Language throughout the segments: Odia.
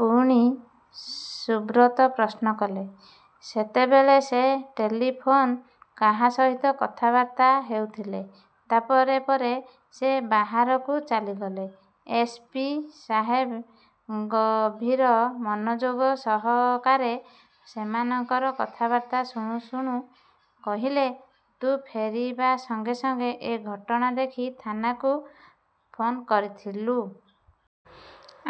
' ପୁଣି ସୁବ୍ରତ ପ୍ରଶ୍ନ କଲେ। 'ସେତେବେଳେ ସେ ଟେଲିଫୋନ୍ରେ କାହା ସହିତ କଥାବାର୍ତ୍ତା ହେଉଥିଲେ। ତା ପରେ ପରେ ସେ ବାହାରକୁ ଚାଲିଗଲେ। ' ଏସ୍. ପି. ସାହେବ ଗଭୀର ମନଯୋଗ ସହକାରେ ସେମାନଙ୍କର କଥାବାର୍ତ୍ତା ଶୁଣୁ ଶୁଣୁ କହିଲେ, 'ତୁ ଫେରିବା ସଙ୍ଗେ ସଙ୍ଗେ ଏ ଘଟଣା ଦେଖି ଥାନାକୁ ଫୋନ୍କରିଥିଲୁ? '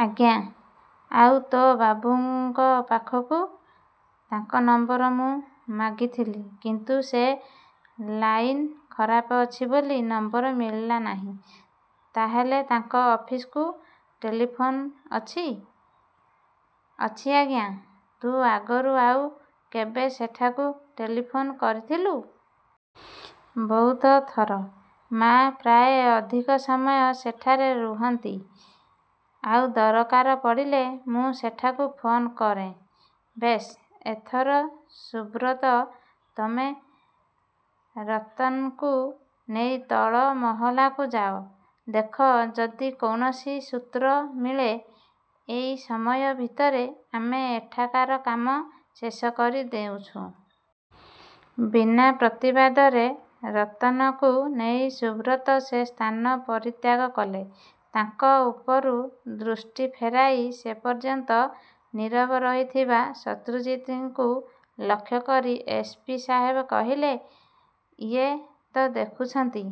'ଆଜ୍ଞା! ' 'ଆଉ ତୋ ବାବୁଙ୍କ ପାଖକୁ? ' 'ତାଙ୍କ ନମ୍ବର ମୁଁ ମାଗିଥିଲି। କିନ୍ତୁ ସେ ଲାଇନ ଖରାପ ଅଛି ବୋଲି ନମ୍ବର ମିଳିଲା ନାହିଁ। ' 'ତା'ହେଲେ ତାଙ୍କ ଅଫିସ୍କୁ ଟେଲିଫୋନ୍ ଅଛି? ' 'ଅଛି, ଆଜ୍ଞା! ' 'ତୁ ଆଗରୁ ଆଉ କେବେ ସେଠାକୁ ଟେଲିଫୋନ୍ କରିଥିଲୁ? ' 'ବହୁତ ଥର। ମାଆ ପ୍ରାୟ ଅଧିକ ସମୟ ସେଠାରେ ରୁହନ୍ତି। ଆଉ ଦରକାର ପଡ଼ିଲେ ମୁଁ ସେଠାକୁ ଫୋନ କରେଁ। ' 'ବେଶ୍ ଏଥର ସୁବ୍ରତ ତମେ ରତନକୁ ନେଇ ତଳ ମହଲାକୁ ଯାଅ। ଦେଖ ଯଦି କୌଣସି ସୂତ୍ର ମିଳେ। ଏଇ ସମୟ ଭିତରେ ଆମେ ଏଠାକାର କାମ ଶେଷ କରିଦେଉଛୁଁ। ' ବିନା ପ୍ରତିବାଦରେ ରତନକୁ ନେଇ ସୁବ୍ରତ ସେ ସ୍ଥାନ ପରିତ୍ୟାଗ କଲେ। ତାଙ୍କ ଉପରୁ ଦୃଷ୍ଟି ଫେରାଇ ସେପର୍ଯ୍ୟନ୍ତ ନୀରବ ରହିଥିବା ଶତ୍ରୁଜିତଙ୍କୁ ଲକ୍ଷ୍ୟ କରି ଏସ୍. ପି. ସାହେବ କହିଲେ, 'ଏଇ ତ ଦେଖୁଛନ୍ତି,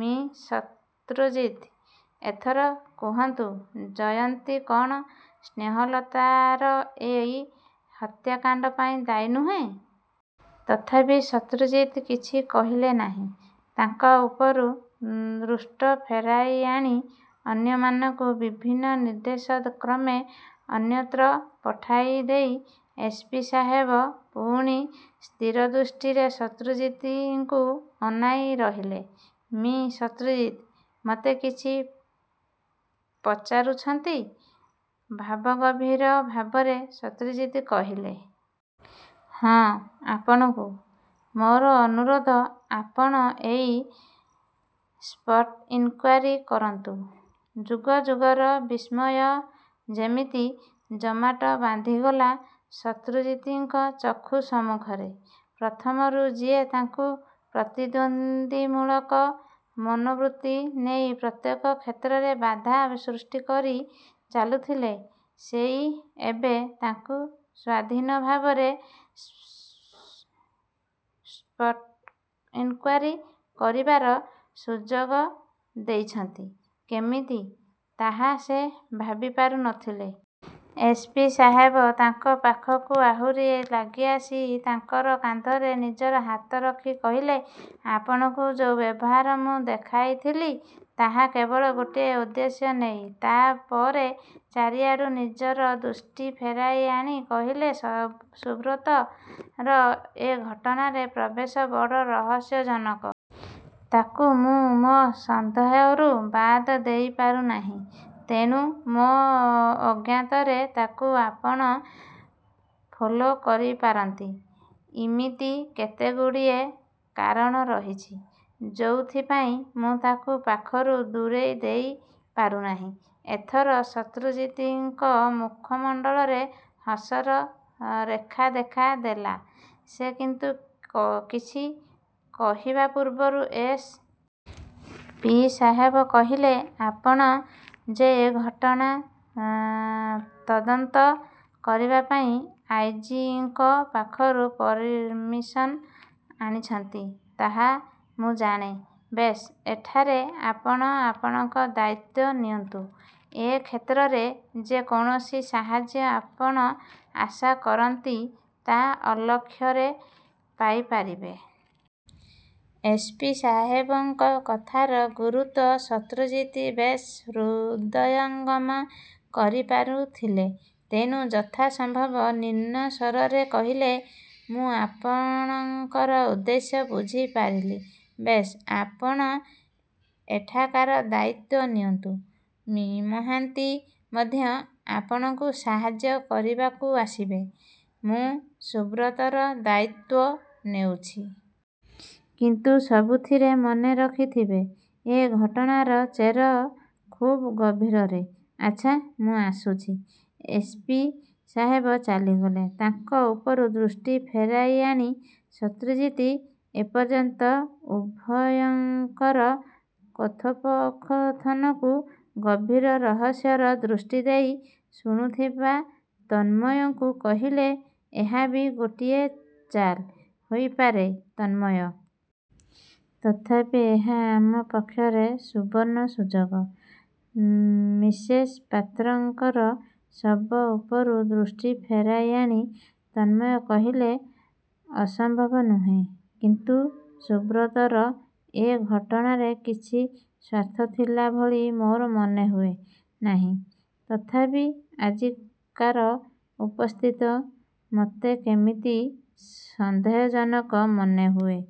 ମି: ଶତ୍ରୁଜିତ! ଏଥର କୁହନ୍ତୁ ଜୟନ୍ତୀ କଣ ସ୍ନେହଲତାର ଏଇ ହତ୍ୟାକାଣ୍ଡ ପାଇଁ ଦାୟୀ ନୁହେଁ? ' ତଥାପି ଶତ୍ରୁଜିତ କିଛି କହିଲେ ନାହିଁ। ତାଙ୍କ ଉପରୁ ଦୃଷ୍ଟ ଫେରାଇଆଣି ଅନ୍ୟମାନଙ୍କୁ ବିଭିନ୍ନ ନିର୍ଦ୍ଦେଶକ୍ରମେ ଅନ୍ୟତ୍ର ପଠାଇଦେଇ ଏସ୍. ପି. ସାହେବ ପୁଣି ସ୍ଥିରଦୃଷ୍ଟିରେ ଶତ୍ରୁଜିତଙ୍କୁ ଅନାଇ ରହିଲେ। 'ମି: ଶତ୍ରୁଜିତ! ' 'ମୋତେ କିଛି ପଚାରୁଛନ୍ତି? ' ଭାବଗମ୍ଭୀର ଭାବରେ ଶତ୍ରୁଜିତ କହିଲେ। 'ହଁ, ଆପଣଙ୍କୁ। ମୋର ଅନୁରୋଧ, ଆପଣ ଏଇ ସ୍ପଟ୍ଇନ୍କୁଆରୀ କରନ୍ତୁ। ' ଯୁଗ ଯୁଗର ବିସ୍ମୟ ଯେମିତି ଜମାଟ ବାନ୍ଧିଗଲା ଶତ୍ରୁଜିତଙ୍କ ଚକ୍ଷୁ ସମ୍ମୁଖରେ। ପ୍ରଥମରୁ ଯିଏ ତାଙ୍କୁ ପ୍ରତିନ୍ଦ୍ୱନ୍ଦୀମୂଳକ ମନୋବୃତ୍ତି ନେଇ ପ୍ରତ୍ୟେକ କ୍ଷେତ୍ରରେ ବାଧା ସୃଷ୍ଟି କରି ଚାଲୁଥିଲେ, ସେଇ ଏବେ ତାଙ୍କୁ ସ୍ୱାଧୀନ ଭାବରେ ସ୍ପଟ୍ଇନ୍କୁଆରୀ କରିବାର ସୁଯୋଗ ଦେଉଛନ୍ତି କେମିତି, ତାହା ସେ ଭାବି ପାରୁ ନ ଥିଲେ। ଏସ୍. ପି ସାହେବ ତାଙ୍କ ପାଖକୁ ଆହୁରି ଲାଗିଆସି ତାଙ୍କର କାନ୍ଧରେ ନିଜର ହାତ ରଖି କହିଲେ, 'ଆପଣଙ୍କୁ ଯୋଉ ବ୍ୟବହାର ମୁଁ ଦେଖାଇଥିଲି ତାହା କେବଳ ଗୋଟିଏ ଉଦ୍ଦେଶ୍ୟ ନେଇ-। ' ତା'ପରେ ଚାରିଆଡ଼ୁ ନିଜର ଦୃଷ୍ଟି ଫେରାଇଆଣି କହିଲେ, 'ସୁବ୍ରତର ଏ ଘଟଣାରେ ପ୍ରବେଶ ବଡ଼ ରହସ୍ୟଜନକ। ତାକୁ ମୁଁ ମୋ ସନ୍ଦେହରୁ ବାଦ ଦେଇପାରୁନାହିଁ। ତେଣୁ ମୋ ଅଜ୍ଞାତରେ ତାକୁ ଆପଣ ଫଲୋ କରିପାରନ୍ତି। ଇମିତି କେତେଗୁଡ଼ିଏ କାରଣ ରହିଛି, ଯୋଉଥିପାଇଁ ମୁଁ ତାକୁ ପାଖରୁ ଦୂରେଇଦେଇ ପାରୁନାହିଁ। ଏଥର ଶତ୍ରୁଜିତଙ୍କ ମୁଖମଣ୍ଡଳରେ ହସର ରେଖା ଦେଖା ଦେଲା। ସେ କିନ୍ତୁ କିଛି କହିବା ପୂର୍ବରୁ ଏସ୍. ପି. ସାହେବ କହିଲେ, 'ଆପଣ ଯେ ଏ ଘଟଣା ତଦନ୍ତ କରିବାପାଇଁ ଆଇ: ଜି: ଙ୍କ ପାଖରୁ ପରମିଶନ ଆଣିଛନ୍ତି ତାହା, ମୁଁ ଜାଣେ। ବେଶ୍, ଏଠାରେ ଆପଣ ଆପଣଙ୍କ ଦାୟିତ୍ୱ ନିଅନ୍ତୁ। ଏ କ୍ଷେତ୍ରରେ ଯେ କୌଣସି ସାହାଯ୍ୟ ଆପଣ ଆଶା କରନ୍ତି ତାହା ଅଲକ୍ଷ୍ୟରେ ପାଇପାରିବେ। ଏସ୍. ପି. ସାହେବଙ୍କ କଥାର ଗୁରୁତ୍ୱ ଶତ୍ରୁଜିତ ବେଶ୍ ହୃଦୟଙ୍ଗମ କରିପାରୁଥିଲେ। ତେଣୁ ଯଥାସମ୍ଭବ ନିମ୍ନ ସ୍ୱରରେ କହିଲେ, 'ମୁଁ ଆପଣଙ୍କର ଉଦ୍ଦେଶ୍ୟ ବୁଝିପାରିଲି। ' 'ବେଶ୍, ଆପଣ ଏଠାକାର ଦାୟିତ୍ୱ ନିଅନ୍ତୁ। ମି: ମହାନ୍ତି ମଧ୍ୟ ଆପଣଙ୍କୁ ସାହାଯ୍ୟ କରିବାକୁ ଆସିବେ। ମୁଁ ସୁବ୍ରତର ଦାୟତ୍ୱ ନେଉଛି। କିନ୍ତୁ ସବୁଥିରେ ମନେ ରଖିଥିବେ ଏ ଘଟଣାର ଚେର ଖୁବ୍ ଗଭୀରରେ। ଆଚ୍ଛା, ମୁଁ ଆସୁଛି। ' ଏସ୍. ପି ସାହେବ ଚାଲିଗଲେ। ତାଙ୍କ ଉପରୁ ଦୃଷ୍ଟି ଫେରାଇଆଣି ଶତ୍ରୁଜିତ ଏପର୍ଯ୍ୟନ୍ତ ଉଭୟଙ୍କର କଥୋପକଥନକୁ ଗଭୀର ରହସ୍ୟର ଦୃଷ୍ଟି ଦେଇ ଶୁଣୁଥିବା ତନ୍ମୟଙ୍କୁ କହିଲେ, 'ଏହା ବି ଗୋଟିଏ ଚାଲ ହୋଇପାରେ, ତନ୍ମୟ! ତଥାପି ଏହା ଆମ ପକ୍ଷରେ ସୁବର୍ଣ୍ଣସୁଯୋଗ। ' ମିସେସ୍ ପାତ୍ରଙ୍କର ଶବ ଉପରୁ ଦୃଷ୍ଟି ଫେରାଇଆଣି ତନ୍ମୟ କହିଲେ, 'ଅସମ୍ଭବ ନୁହେଁ। କିନ୍ତୁ ସୁବ୍ରତର ଏ ଘଟଣାରେ କିଛି ସ୍ୱାର୍ଥ ଥିଲା ଭଳି ମୋର ମନେ ହୁଏ ନାହିଁ। ତଥାପି ଆଜିକାର ଉପସ୍ଥିତ ମୋତେ କେମିତି ସନ୍ଦେହଜନକ ମନେହୁଏ।